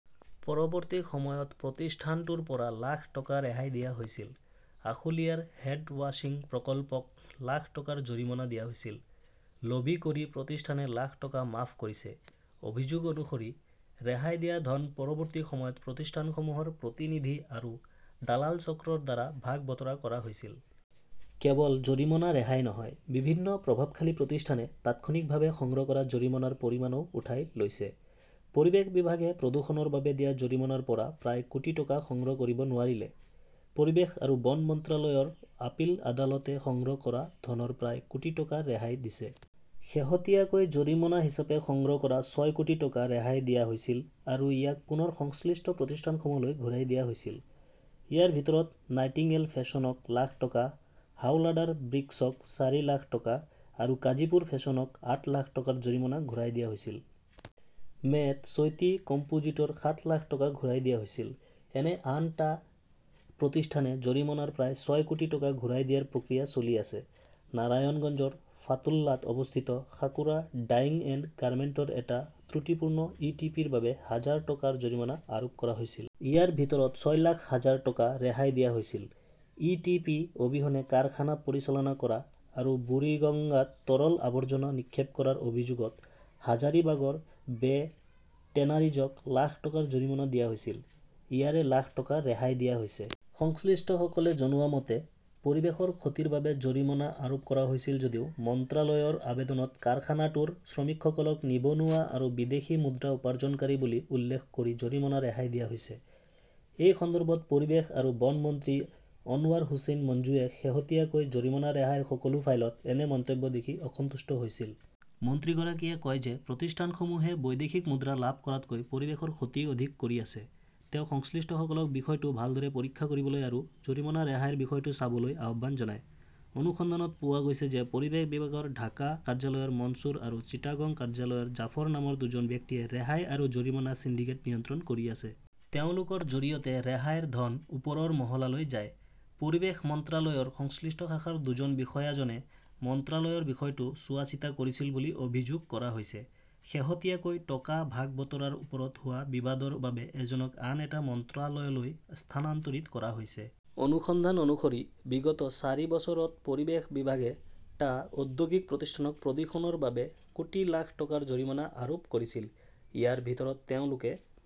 পৰৱৰ্তী সময়ত প্ৰতিষ্ঠানটোৰ পৰা লাখ টকা ৰেহাই দিয়া হৈছিল। আশুলিয়াৰ হেড ৱাশ্বিং প্ৰকল্পক লাখ টকাৰ জৰিমনা দিয়া হৈছিল। লবি কৰি প্ৰতিষ্ঠানে লাখ টকা মাফ কৰিছে। অভিযোগ অনুসৰি, ৰেহাই দিয়া ধন পৰৱৰ্তী সময়ত প্ৰতিষ্ঠানসমূহৰ প্ৰতিনিধি আৰু দালাল চক্ৰৰ দ্বাৰা ভাগ-বতৰা কৰা হৈছিল। কেৱল জৰিমনা ৰেহাই নহয়, বিভিন্ন প্ৰভাৱশালী প্ৰতিষ্ঠানে তাৎক্ষণিকভাৱে সংগ্ৰহ কৰা জৰিমনাৰ পৰিমাণও উঠাই লৈছে। পৰিৱেশ বিভাগে প্ৰদূষণৰ বাবে দিয়া জৰিমনাৰ পৰা প্ৰায় কোটি টকা সংগ্ৰহ কৰিব নোৱাৰিলে। পৰিৱেশ আৰু বন মন্ত্ৰালয়ৰ আপীল আদালতে সংগ্ৰহ কৰা ধনৰ প্ৰায় কোটি টকা ৰেহাই দিছে। শেহতীয়াকৈ জৰিমনা হিচাপে সংগ্ৰহ কৰা ছয় কোটি টকা ৰেহাই দিয়া হৈছিল আৰু ইয়াক পুনৰ সংশ্লিষ্ট প্ৰতিষ্ঠানসমূহলৈ ঘূৰাই দিয়া হৈছিল। ইয়াৰ ভিতৰত নাইটিঙেল ফেশ্বনক লাখ টকা, হাওলাডাৰ ব্ৰিকছক চাৰি লাখ টকা আৰু কাজীপুৰ ফেশ্বনক আঠ লাখ টকাৰ জৰিমনা ঘূৰাই দিয়া হৈছিল। মে 'ত চৈতী কম্পোজিটৰ সাত লাখ টকা ঘূৰাই দিয়া হৈছিল। এনে আন টা প্ৰতিষ্ঠানে জৰিমনাৰ প্ৰায় ছয় কোটি টকা ঘূৰাই দিয়াৰ প্ৰক্ৰিয়া চলি আছে। নাৰায়ণগঞ্জৰ ফাতুল্লাত অৱস্থিত সাকুৰা ডাইং এণ্ড গাৰ্মেণ্টৰ এটা ত্ৰুটিপূৰ্ণ ইটিপিৰ বাবে হাজাৰ টকাৰ জৰিমনা আৰোপ কৰা হৈছিল। ইয়াৰ ভিতৰত ছয় লাখ হাজাৰ টকা ৰেহাই দিয়া হৈছিল। ই. টি. পি. অবিহনে কাৰখানা পৰিচালনা কৰা আৰু বুৰিগঙ্গাত তৰল আৱৰ্জনা নিক্ষেপ কৰাৰ অভিযোগত হাজাৰিবাগৰ বে-টেনাৰিজক লাখ টকাৰ জৰিমনা দিয়া হৈছিল। ইয়াৰে লাখ টকা ৰেহাই দিয়া হৈছে। সংশ্লিষ্টসকলে জনোৱা মতে, পৰিৱেশৰ ক্ষতিৰ বাবে জৰিমনা আৰোপ কৰা হৈছিল যদিও মন্ত্ৰালয়ৰ আবেদনত কাৰখানাটোৰ শ্ৰমিকসকলক নিবনুৱা আৰু বিদেশী মুদ্ৰা উপাৰ্জনকাৰী বুলি উল্লেখ কৰি জৰিমনা ৰেহাই দিয়া হৈছে। এই সন্দৰ্ভত পৰিৱেশ আৰু বন মন্ত্ৰী অনৱাৰ হুছেইন মঞ্জুৱে শেহতীয়াকৈ জৰিমনা ৰেহাইৰ সকলো ফাইলত এনে মন্তব্য দেখি অসন্তুষ্ট হৈছিল। মন্ত্ৰীগৰাকীয়ে কয় যে প্ৰতিষ্ঠানসমূহে বৈদেশিক মুদ্ৰা লাভ কৰাতকৈ পৰিৱেশৰ ক্ষতি অধিক কৰি আছে। তেওঁ সংশ্লিষ্টসকলক বিষয়টো ভালদৰে পৰীক্ষা কৰিবলৈ আৰু জৰিমনা ৰেহাইৰ বিষয়টো চাবলৈ আহ্বান জনায়। অনুসন্ধানত পোৱা গৈছে যে পৰিৱেশ বিভাগৰ ঢাকা কাৰ্যালয়ৰ মনছুৰ আৰু চিটাগং কাৰ্যালয়ৰ জাফৰ নামৰ দুজন ব্যক্তিয়ে ৰেহাই আৰু জৰিমনা সিন্ডিকেট নিয়ন্ত্ৰণ কৰি আছে। তেওঁলোকৰ জৰিয়তে ৰেহাইৰ ধন ওপৰৰ মহলালৈ যায়। পৰিৱেশ মন্ত্ৰালয়ৰ সংশ্লিষ্ট শাখাৰ দুজন বিষয়াজনে মন্ত্ৰালয়ৰ বিষয়টো চোৱাচিতা কৰিছিল বুলি অভিযোগ কৰা হৈছে। শেহতীয়াকৈ টকা ভাগ-বতৰাৰ ওপৰত হোৱা বিবাদৰ বাবে এজনক আন এটা মন্ত্ৰালয়লৈ স্থানান্তৰিত কৰা হৈছে। অনুসন্ধান অনুসৰি, বিগত চাৰি বছৰত পৰিৱেশ বিভাগে, টা ঔদ্যোগিক প্ৰতিষ্ঠানক প্ৰদূষণৰ বাবে কোটি লাখ টকাৰ জৰিমনা আৰোপ কৰিছিল। ইয়াৰ ভিতৰত তেওঁলোকে